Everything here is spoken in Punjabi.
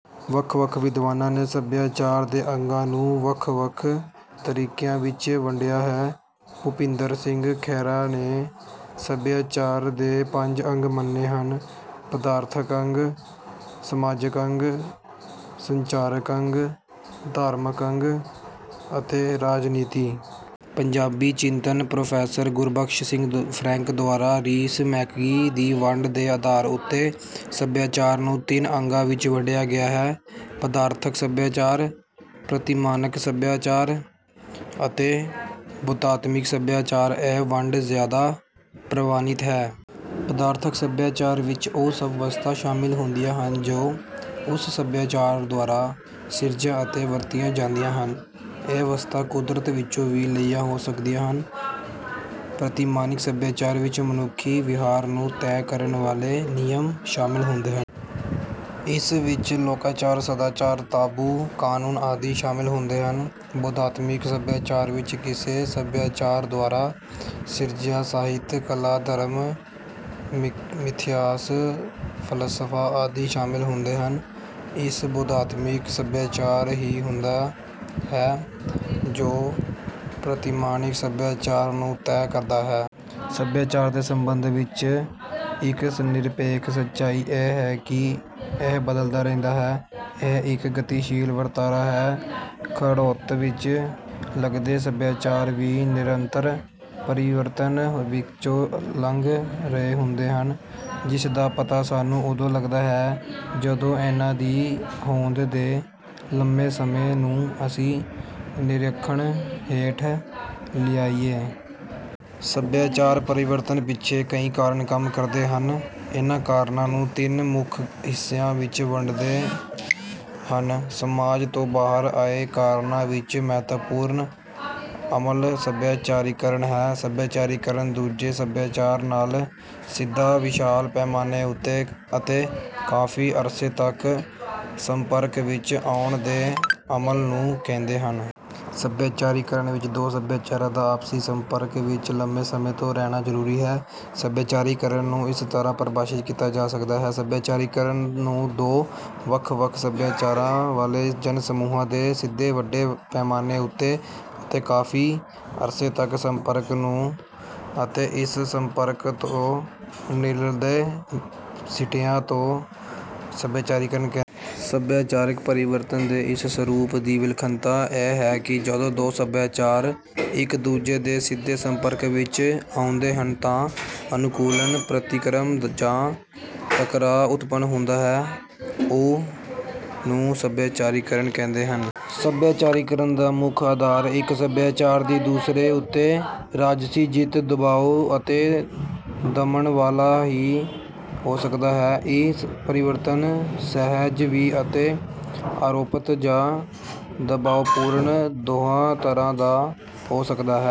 ਵੱਖ ਵੱਖ ਵਿਦਵਾਨਾਂ ਨੇ ਸੱਭਿਆਚਾਰ ਦੇ ਅੰਗਾਂ ਨੂੰ ਵੱਖ ਵੱਖ ਤਰੀਕਿਆਂ ਵਿੱਚ ਵੰਡਿਆ ਹੈ। ਭੁਪਿੰਦਰ ਸਿੰਘ ਖਹਿਰਾ ਨੇ ਸੱਭਿਆਚਾਰ ਦੇ ਪੰਜ ਅੰਗ ਮੰਨੇ ਹਨ ਪਦਾਰਥਕ ਅੰਗ ਸਮਾਜਕ ਅੰਗ ਸੰਚਾਰਤ ਅੰਗ ਧਾਰਮਕ ਅੰਗ ਅਤੇ ਰਾਜਨੀਤੀ। ਪੰਜਾਬੀ ਚਿੰਤਨ ਪ੍ਰੋਫੈਸਰ ਗੁਰਬਖਸ਼ ਸਿੰਘ ਫ਼ਰੈਂਕ ਦੁਆਰਾ ਰੀਸ ਮੈਕਗੀ ਦੀ ਵੰਡ ਦੇ ਆਧਾਰ ਉੱਤੇ ਸੱਭਿਆਚਾਰ ਨੂੰ ਤਿੰਨ ਅੰਗਾਂ ਵਿੱਚ ਵੰਡਿਆ ਗਿਆ ਹੈ ਪਦਾਰਥਕ ਸੱਭਿਆਚਾਰ ਪ੍ਰਤਿਮਾਨਕ ਸੱਭਿਆਚਾਰ ਅਤੇ ਬੋਧਾਤਮਿਕ ਸੱਭਿਆਚਾਰ। ਇਹ ਵੰਡ ਜ਼ਿਆਦਾ ਪ੍ਰਵਾਨਿਤ ਹੈ। ਪਦਾਰਥਕ ਸੱਭਿਆਚਾਰ ਵਿੱਚ ਉਹ ਸਭ ਵਸਤਾਂ ਸ਼ਾਮਲ ਹੁੰਦੀਆਂ ਹਨ ਜੋ ਉਸ ਸੱਭਿਆਚਾਰ ਦੁਆਰਾ ਸਿਰਜੀਆਂ ਅਤੇ ਵਰਤੀਆਂ ਜਾਂਦੀਆਂ ਹਨ। ਇਹ ਵਸਤਾਂ ਕੁਦਰਤ ਵਿੱਚੋਂ ਵੀ ਲਈਆਂ ਹੋ ਸਕਦੀਆਂ ਹਨ। ਪ੍ਰਤਿਮਾਨਿਕ ਸੱਭਿਆਚਾਰ ਵਿੱਚ ਮਨੁੱਖੀ ਵਿਹਾਰ ਨੂੰ ਤੈਅ ਕਰਨ ਵਾਲੇ ਨਿਯਮ ਸ਼ਾਮਲ ਹੁੰਦੇ ਹਨ। ਇਸ ਵਿੱਚ ਲੋਕਾਚਾਰ ਸਦਾਚਾਰ ਤਾਬੂ ਕਾਨੂੰਨ ਆਦਿ ਸ਼ਾਮਲ ਹੁੰਦੇ ਹਨ। ਬੋਧਾਤਮਿਕ ਸੱਭਿਆਚਾਰ ਵਿੱਚ ਕਿਸੇ ਸੱਭਿਆਚਾਰ ਦੁਆਰਾ ਸਿਰਜਿਆ ਸਾਹਿਤ ਕਲਾ ਧਰਮ ਮਿਥਿਹਾਸ ਫ਼ਲਸਫ਼ਾ ਆਦਿ ਸ਼ਾਮਲ ਹੁੰਦੇ ਹਨ। ਇਹ ਬੋਧਾਤਮਿਕ ਸੱਭਿਆਚਾਰ ਹੀ ਹੁੰਦਾ ਹੈ ਜੋ ਪ੍ਰਤਿਮਾਨਿਕ ਸੱਭਿਆਚਾਰ ਨੂੰ ਤੈਅ ਕਰਦਾ ਹੈ। ਸੱਭਿਆਚਾਰ ਦੇ ਸੰਬੰਧ ਵਿੱਚ ਇੱਕ ਨਿਰਪੇਖ ਸਚਾਈ ਇਹ ਹੈ ਕਿ ਇਹ ਬਦਲਦਾ ਰਹਿੰਦਾ ਹੈ। ਇਹ ਇੱਕ ਗਤੀਸ਼ੀਲ ਵਰਤਾਰਾ ਹੈ। ਖੜੋਤ ਵਿੱਚ ਲੱਗਦੇ ਸਭਿਆਚਾਰ ਵੀ ਨਿਰੰਤਰ ਪਰਿਵਰਤਨ ਵਿੱਚੋਂ ਲੰਘ ਰਹੇ ਹੁੰਦੇ ਹਨ ਜਿਸ ਦਾ ਪਤਾ ਸਾਨੂੰ ਉਦੋਂ ਲੱਗਦਾ ਹੈ ਜਦੋਂ ਇਹਨਾਂ ਦੀ ਹੋਂਦ ਦੇ ਲੰਮੇ ਸਮੇਂ ਨੂੰ ਅਸੀਂ ਨਿਰੀਖਣ ਹੇਠ ਲਿਆਈਏ। ਸੱਭਿਆਚਾਰ ਪਰਿਵਰਤਨ ਪਿੱਛੇ ਕਈ ਕਾਰਨ ਕੰਮ ਕਰਦੇ ਹਨ। ਇਨ੍ਹਾਂ ਕਾਰਨਾਂ ਨੂੰ ਤਿੰਨ ਮੁੱਖ ਹਿੱਸਿਆਂ ਵਿੱਚ ਵੰਡਦੇ ਹਨ। ਸਮਾਜ ਤੋਂ ਬਾਹਰ ਆਏ ਕਾਰਨਾਂ ਵਿੱਚ ਮਹੱਤਵਪੂਰਨ ਅਮਲ ਸੱਭਿਆਚਾਰੀਕਰਨ ਹੈ। ਸੱਭਿਆਚਾਰੀਕਰਨ ਦੂਜੇ ਸਭਿਆਚਾਰ ਨਾਲ ਸਿੱਧਾ ਵਿਸ਼ਾਲ ਪੈਮਾਨੇ ਉੱਤੇ ਅਤੇ ਕਾਫ਼ੀ ਅਰਸੇ ਤੱਕ ਸੰਪਰਕ ਵਿੱਚ ਆਉਣ ਦੇ ਅਮਲ ਨੂੰ ਕਹਿੰਦੇ ਹਨ। ਸੱਭਿਆਚਾਰੀਕਰਨ ਵਿੱਚ ਦੋ ਸੱਭਿਆਚਾਰਾਂ ਦਾ ਆਪਸੀ ਸੰਪਰਕ ਵਿੱਚ ਲੰਮੇ ਸਮੇਂ ਤੋਂ ਰਹਿਣਾ ਜ਼ਰੂਰੀ ਹੈ। ਸੱਭਿਆਚਾਰੀਕਰਨ ਨੂੰ ਇਸ ਤਰ੍ਹਾਂ ਪਰਿਭਾਸ਼ਿਤ ਕੀਤਾ ਜਾ ਸਕਦਾ ਹੈ। ਸੱਭਿਆਚਾਰੀਕਰਨ ਨੂੰ ਦੋ ਵੱਖ ਵੱਖ ਸੱਭਿਆਚਾਰਾਂ ਵਾਲੇ ਜਨ ਸਮੂਹਾਂ ਦੇ ਸਿੱਧੇ ਵੱਡੇ ਪੈਮਾਨੇ ਉੱਤੇ ਅਤੇ ਕਾਫ਼ੀ ਅਰਸੇ ਤੱਕ ਸੰਪਰਕ ਨੂੰ ਅਤੇ ਇਸ ਸੰਪਰਕ ਤੋਂ ਨਿਕਲਦੇ ਸਿੱਟਿਆਂ ਨੂੰ ਸੱਭਿਆਚਾਰੀਕਰਨ ਕਹਿੰਦੇ ਹਨ। ਸੱਭਿਆਚਾਰਕ ਪਰਿਵਰਤਨ ਦੇ ਇਸ ਸਰੂਪ ਦੀ ਵਿਲੱਖਣਤਾ ਇਹ ਹੈ ਕਿ ਜਦੋਂ ਦੋ ਸਭਿਆਚਾਰ ਇੱਕ ਦੂਜੇ ਦੇ ਸਿੱਧੇ ਸੰਪਰਕ ਵਿੱਚ ਆਉਂਦੇ ਹਨ ਤਾਂ ਅਨੁਕੁਲਣ ਪ੍ਰਤਿਕਰਮ ਜਾਂ ਟਕਰਾਅ ਉਤਪੰਨ ਹੁੰਦਾ ਹੈ ਉਸ ਨੂੰ ਸੱਭਿਆਚਾਰੀਕਰਨ ਕਹਿੰਦੇ ਹਨ। ਸੱਭਿਆਚਾਰੀਕਰਨ ਦਾ ਮੁੱਖ ਆਧਾਰ ਇੱਕ ਸੱਭਿਆਚਾਰ ਦੀ ਦੂਸਰੇ ਉੱਤੇ ਰਾਜਸੀ ਜਿੱਤ ਦਬਾਉ ਅਤੇ ਦਮਨ ਵਾਲਾ ਵੀ ਹੋ ਸਕਦਾ ਹੈ। ਇਹ ਪਰਿਵਰਤਨ ਸਹਿਜ ਵੀ ਅਤੇ ਆਰੋਪਤ ਜਾਂ ਦਬਾਉਪੂਰਣ ਦੋਹਾਂ ਤਰਾਂ ਦਾ ਹੋ ਸਕਦਾ ਹੈ